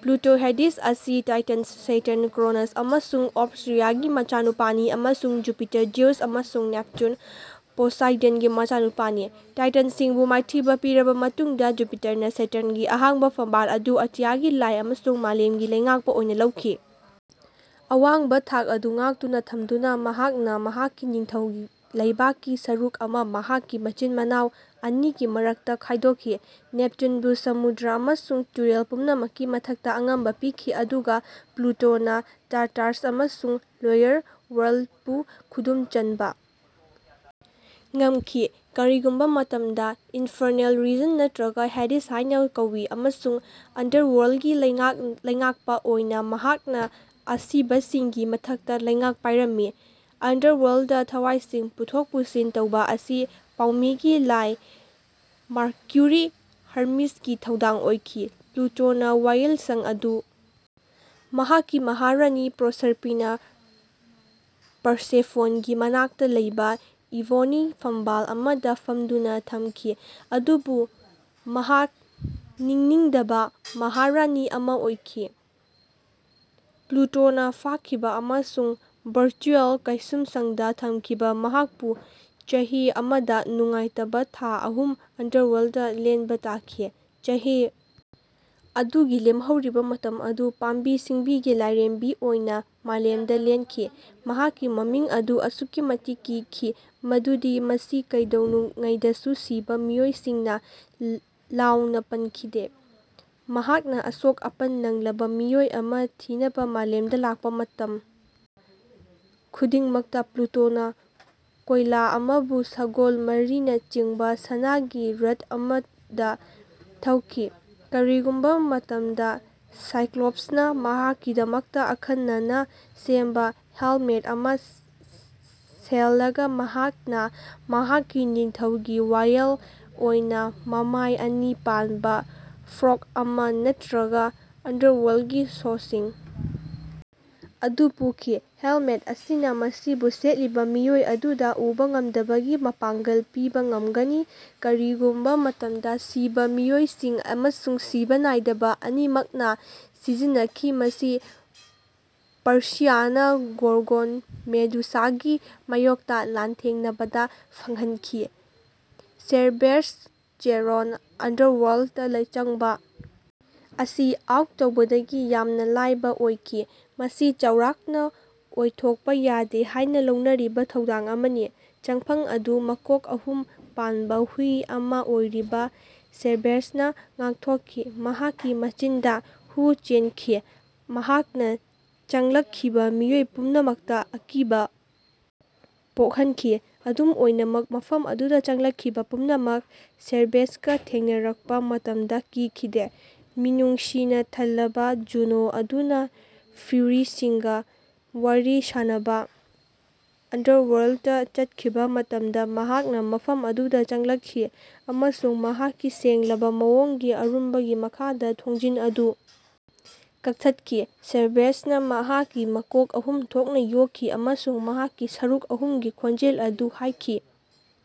Pluto Hades ꯑꯁꯤ Titans Saturn Cronus ꯑꯃꯁꯨꯡ Ops ꯔꯤꯌꯥꯒꯤ ꯃꯆꯥꯅꯨꯄꯥꯅꯤ ꯑꯃꯁꯨꯡ ꯖꯨꯄꯤꯇꯔ ꯖꯤꯎꯁ ꯑꯃꯁꯨꯡ ꯅꯦꯞꯇꯨꯟ ꯄꯣꯁꯥꯏꯗꯟꯒꯤ ꯃꯅꯥꯎꯅꯨꯄꯥꯅꯤ꯫ ꯇꯥꯏꯇꯟꯁꯤꯡꯕꯨ ꯃꯥꯏꯊꯤꯕ ꯄꯤꯔꯕ ꯃꯇꯨꯡꯗ ꯖꯨꯄꯤꯇꯔꯅ ꯁꯦꯇꯔꯟꯒꯤ ꯑꯍꯥꯡꯕ ꯐꯝꯕꯥꯜ ꯑꯗꯨ ꯑꯇꯤꯌꯥꯒꯤ ꯂꯥꯏ ꯑꯃꯁꯨꯡ ꯃꯥꯂꯦꯝꯒꯤ ꯂꯩꯉꯥꯛꯄ ꯑꯣꯏꯅ ꯂꯧꯈꯤ꯫ ꯑꯋꯥꯡꯕ ꯊꯥꯛ ꯑꯗꯨ ꯉꯥꯛꯇꯨꯅ ꯊꯝꯗꯨꯅ ꯃꯍꯥꯛꯅ ꯃꯍꯥꯛꯀꯤ ꯅꯤꯡꯊꯧ ꯂꯩꯕꯥꯛꯀꯤ ꯁꯔꯨꯛ ꯑꯃꯥ ꯃꯍꯥꯛꯀꯤ ꯃꯆꯤꯟ ꯃꯅꯥꯎ ꯑꯅꯤꯒꯤ ꯃꯔꯛꯇ ꯈꯥꯏꯗꯣꯛꯈꯤ ꯅꯦꯞꯇꯨꯟꯕꯨ ꯁꯃꯨꯗ꯭ꯔ ꯑꯃꯁꯨꯡ ꯇꯨꯔꯦꯜ ꯄꯨꯝꯅꯃꯛꯀꯤ ꯃꯊꯛꯇ ꯑꯉꯝꯕ ꯄꯤꯈꯤ ꯑꯗꯨꯒ ꯄ꯭ꯂꯨꯇꯣꯅ ꯇꯥꯔꯇꯥꯔꯁ ꯑꯃꯁꯨꯡ ꯂꯣꯋꯔ ꯋꯔꯜ꯭ꯗꯄꯨ ꯈꯨꯗꯨꯝ ꯆꯟꯕ ꯉꯝꯈꯤ ꯀꯔꯤꯒꯨꯝꯕ ꯃꯇꯝꯗ ꯏꯟꯐꯔꯅꯦꯜ ꯔꯤꯖꯟ ꯅꯠꯇ꯭ꯔꯒ ꯍꯦꯗꯤꯁ ꯍꯥꯏꯅ ꯀꯧꯋꯤ ꯑꯃꯁꯨꯡ ꯑꯟꯗꯔꯋꯥꯔꯜꯗꯀꯤ ꯂꯩꯉꯥꯛꯄ ꯑꯣꯏꯅ ꯃꯍꯥꯛꯅ ꯑꯁꯤꯕꯁꯤꯡꯒꯤ ꯃꯊꯛꯇ ꯂꯩꯉꯥꯛ ꯄꯥꯏꯔꯝꯃꯤ ꯑꯟꯗꯔꯋꯥꯔꯜꯗꯇ ꯊꯋꯥꯏꯁꯤꯡ ꯄꯨꯊꯣꯛ ꯄꯨꯁꯤꯟ ꯇꯧꯕ ꯑꯁꯤ ꯄꯥꯎꯃꯤꯒꯤ ꯂꯥꯏ ꯃꯥꯔꯀ꯭ꯌꯨꯔꯤ ꯍꯔꯃꯤꯁꯒꯤ ꯊꯧꯗꯥꯡ ꯑꯣꯏꯈꯤ꯫ ꯄ꯭ꯂꯨꯇꯣꯅ ꯋꯥꯌꯦꯜꯁꯪ ꯑꯗꯨ ꯃꯍꯥꯛꯀꯤ ꯃꯍꯥꯔꯥꯅꯤ ꯄ꯭ꯔꯣꯁꯔꯄꯤꯅꯥ ꯄꯔꯁꯦꯐꯣꯟꯒꯤ ꯃꯅꯥꯛꯇ ꯂꯩꯕ ꯏꯕꯣꯅꯤ ꯐꯝꯕꯥꯜ ꯑꯃꯗ ꯐꯝꯗꯨꯅ ꯊꯝꯈꯤ ꯑꯗꯨꯕꯨ ꯃꯍꯥꯛ ꯅꯤꯡꯅꯤꯡꯗꯕ ꯃꯍꯥꯔꯥꯅꯤ ꯑꯃ ꯑꯣꯏꯈꯤ꯫ ꯄ꯭ꯂꯨꯇꯣꯅ ꯐꯥꯈꯤꯕ ꯑꯃꯁꯨꯡ ꯚꯔꯆꯨꯑꯦꯜ ꯀꯩꯁꯨꯝꯁꯪꯗ ꯊꯝꯈꯤꯕ ꯃꯍꯥꯛꯄꯨ ꯆꯍꯤ ꯑꯃꯗ ꯅꯨꯡꯉꯥꯏꯇꯕ ꯊꯥ ꯑꯍꯨꯝ ꯑꯟꯗꯔꯋꯥꯔꯜꯗꯇ ꯂꯦꯟꯕ ꯇꯥꯈꯤ꯫ ꯆꯍꯤ ꯑꯗꯨꯒꯤ ꯂꯦꯝꯍꯧꯔꯤꯕ ꯃꯇꯝ ꯑꯗꯨ ꯄꯥꯝꯕꯤ ꯁꯤꯡꯕꯤꯒꯤ ꯂꯥꯏꯔꯦꯝꯕꯤ ꯑꯣꯏꯅ ꯃꯥꯂꯦꯝꯗ ꯂꯦꯟꯈꯤ꯫ ꯃꯍꯥꯛꯀꯤ ꯃꯃꯤꯡ ꯑꯗꯨ ꯑꯁꯨꯛꯀꯤ ꯃꯇꯤꯛ ꯀꯤꯈꯤ ꯃꯗꯨꯗꯤ ꯃꯁꯤ ꯀꯩꯗꯧꯉꯩꯗꯁꯨ ꯁꯤꯕ ꯃꯤꯑꯣꯏꯁꯤꯡꯅ ꯂꯥꯎꯅ ꯄꯟꯈꯤꯗꯦ꯫ ꯃꯍꯥꯛꯅ ꯑꯁꯣꯛ ꯑꯄꯟ ꯅꯪꯂꯕ ꯃꯤꯑꯣꯏ ꯑꯃ ꯊꯤꯅꯕ ꯃꯥꯂꯦꯝꯗ ꯂꯥꯛꯄ ꯃꯇꯝ ꯈꯨꯗꯤꯡꯃꯛꯇ ꯄ꯭ꯂꯨꯇꯣꯅ ꯀꯣꯏꯂꯥ ꯑꯃꯨꯕ ꯁꯒꯣꯜ ꯃꯔꯤꯅ ꯆꯤꯡꯕ ꯁꯅꯥꯒꯤ ꯔꯊ ꯑꯃꯗ ꯊꯧꯈꯤ꯫ ꯀꯔꯤꯒꯨꯝꯕ ꯃꯇꯝꯗ ꯁꯥꯏꯀ꯭ꯂꯣꯞꯁꯅ ꯃꯍꯥꯛꯀꯤꯗꯃꯛꯇ ꯑꯈꯟꯅꯅ ꯁꯦꯝꯕ ꯍꯦꯜꯃꯦꯠ ꯑꯃ ꯁꯦꯠꯂꯒ ꯃꯍꯥꯛꯅ ꯃꯍꯥꯛꯀꯤ ꯅꯤꯡꯊꯧꯒꯤ ꯋꯥꯌꯦꯜ ꯑꯣꯏꯅ ꯃꯃꯥꯏ ꯑꯅꯤ ꯄꯥꯟꯕ ꯐꯣꯔ꯭ꯛ ꯑꯃ ꯅꯠꯇ꯭ꯔꯒ ꯑꯟꯗꯔꯋꯥꯔꯜꯗꯀꯤ ꯁꯣꯁꯤꯡ ꯑꯗꯨ ꯄꯨꯈꯤ꯫ ꯍꯦꯜꯃꯦꯠ ꯑꯁꯤꯅ ꯃꯁꯤꯕꯨ ꯁꯦꯠꯂꯤꯕ ꯃꯤꯑꯣꯏ ꯑꯗꯨꯗ ꯎꯕ ꯉꯝꯗꯕꯒꯤ ꯃꯄꯥꯡꯒꯜ ꯄꯤꯕ ꯉꯝꯒꯅꯤ꯫ ꯀꯔꯤꯒꯨꯝꯕ ꯃꯇꯝꯗ ꯁꯤꯕ ꯃꯤꯑꯣꯏꯁꯤꯡ ꯑꯃꯁꯨꯡ ꯁꯤꯕ ꯅꯥꯏꯗꯕ ꯑꯅꯤꯃꯛꯅ ꯁꯤꯖꯤꯟꯅꯈꯤ ꯃꯁꯤ ꯄꯔꯁꯤꯌꯁꯅ ꯒꯣꯔꯒꯣꯟ ꯃꯦꯗꯨꯁꯥꯒꯤ ꯃꯥꯌꯣꯛꯇ ꯂꯥꯟꯊꯦꯡꯅꯕꯗ ꯐꯪꯍꯟꯈꯤ꯫ ꯁꯦꯔꯕꯦꯔꯁ ꯆꯦꯔꯣꯟ ꯑꯟꯗꯔꯋꯥꯔꯜ꯭ꯗꯇ ꯆꯪꯕ ꯑꯁꯤ ꯑꯥꯎꯠ ꯇꯧꯕꯗꯒꯤ ꯌꯥꯝꯅ ꯂꯥꯏꯕ ꯑꯣꯏꯈꯤ ꯃꯁꯤ ꯆꯥꯎꯔꯥꯛꯅ ꯑꯣꯏꯊꯣꯛꯄ ꯌꯥꯗꯦ ꯍꯥꯏꯅ ꯂꯧꯅꯔꯤꯕ ꯊꯧꯗꯥꯡ ꯑꯃꯅꯤ꯫ ꯆꯪꯐꯝ ꯑꯗꯨ ꯃꯀꯣꯛ ꯑꯍꯨꯝ ꯄꯥꯟꯕ ꯍꯨꯏ ꯑꯃ ꯑꯣꯏꯔꯤꯕ ꯁꯦꯔꯕꯦꯔꯁꯅ ꯉꯥꯛꯊꯣꯛꯈꯤ ꯃꯍꯥꯛꯀꯤ ꯃꯆꯤꯟꯗ ꯍꯨ ꯆꯦꯟꯈꯤ ꯃꯍꯥꯛꯅ ꯆꯪꯂꯛꯈꯤꯕ ꯃꯤꯑꯣꯏ ꯄꯨꯝꯅꯃꯛꯇ ꯑꯀꯤꯕ ꯄꯣꯛꯍꯟꯈꯤ꯫ ꯑꯗꯨꯝ ꯑꯣꯏꯅꯃꯛ ꯃꯐꯝ ꯑꯗꯨꯗ ꯆꯪꯂꯛꯈꯤꯕ ꯄꯨꯝꯅꯃꯛ ꯁꯦꯔꯕꯦꯔꯁꯀ ꯊꯦꯡꯅꯔꯛꯄ ꯃꯇꯝꯗ ꯀꯤꯈꯤꯗꯦ꯫ ꯃꯤꯅꯨꯡꯁꯤꯅ ꯊꯜꯂꯕ ꯖꯨꯅꯣ ꯑꯗꯨꯅ ꯐ꯭ꯌꯨꯔꯤꯁꯤꯡꯒ ꯋꯥꯔꯤ ꯁꯥꯅꯅꯕ ꯑꯟꯗꯔꯋꯥꯔꯜꯗꯇ ꯆꯠꯈꯤꯕ ꯃꯇꯝꯗ ꯃꯍꯥꯛꯅ ꯃꯐꯝ ꯑꯗꯨꯗ ꯆꯪꯂꯛꯈꯤ ꯑꯃꯁꯨꯡ ꯃꯍꯥꯛꯀꯤ ꯁꯦꯡꯂꯕ ꯃꯑꯣꯡꯒꯤ ꯑꯔꯨꯝꯕꯒꯤ ꯃꯈꯥꯗ ꯊꯣꯡꯖꯤꯟ ꯑꯗꯨ ꯀꯛꯊꯠꯈꯤ꯫ ꯁꯦꯔꯕꯦꯔꯁꯅ ꯃꯍꯥꯛꯀꯤ ꯃꯀꯣꯛ ꯑꯍꯨꯝ ꯊꯣꯛꯅ ꯌꯣꯛꯈꯤ ꯑꯃꯁꯨꯡ ꯃꯍꯥꯛꯀꯤ ꯁꯔꯨꯛ ꯑꯍꯨꯝꯒꯤ ꯈꯣꯟꯖꯦꯜ ꯑꯗꯨ ꯍꯥꯏꯈꯤ꯫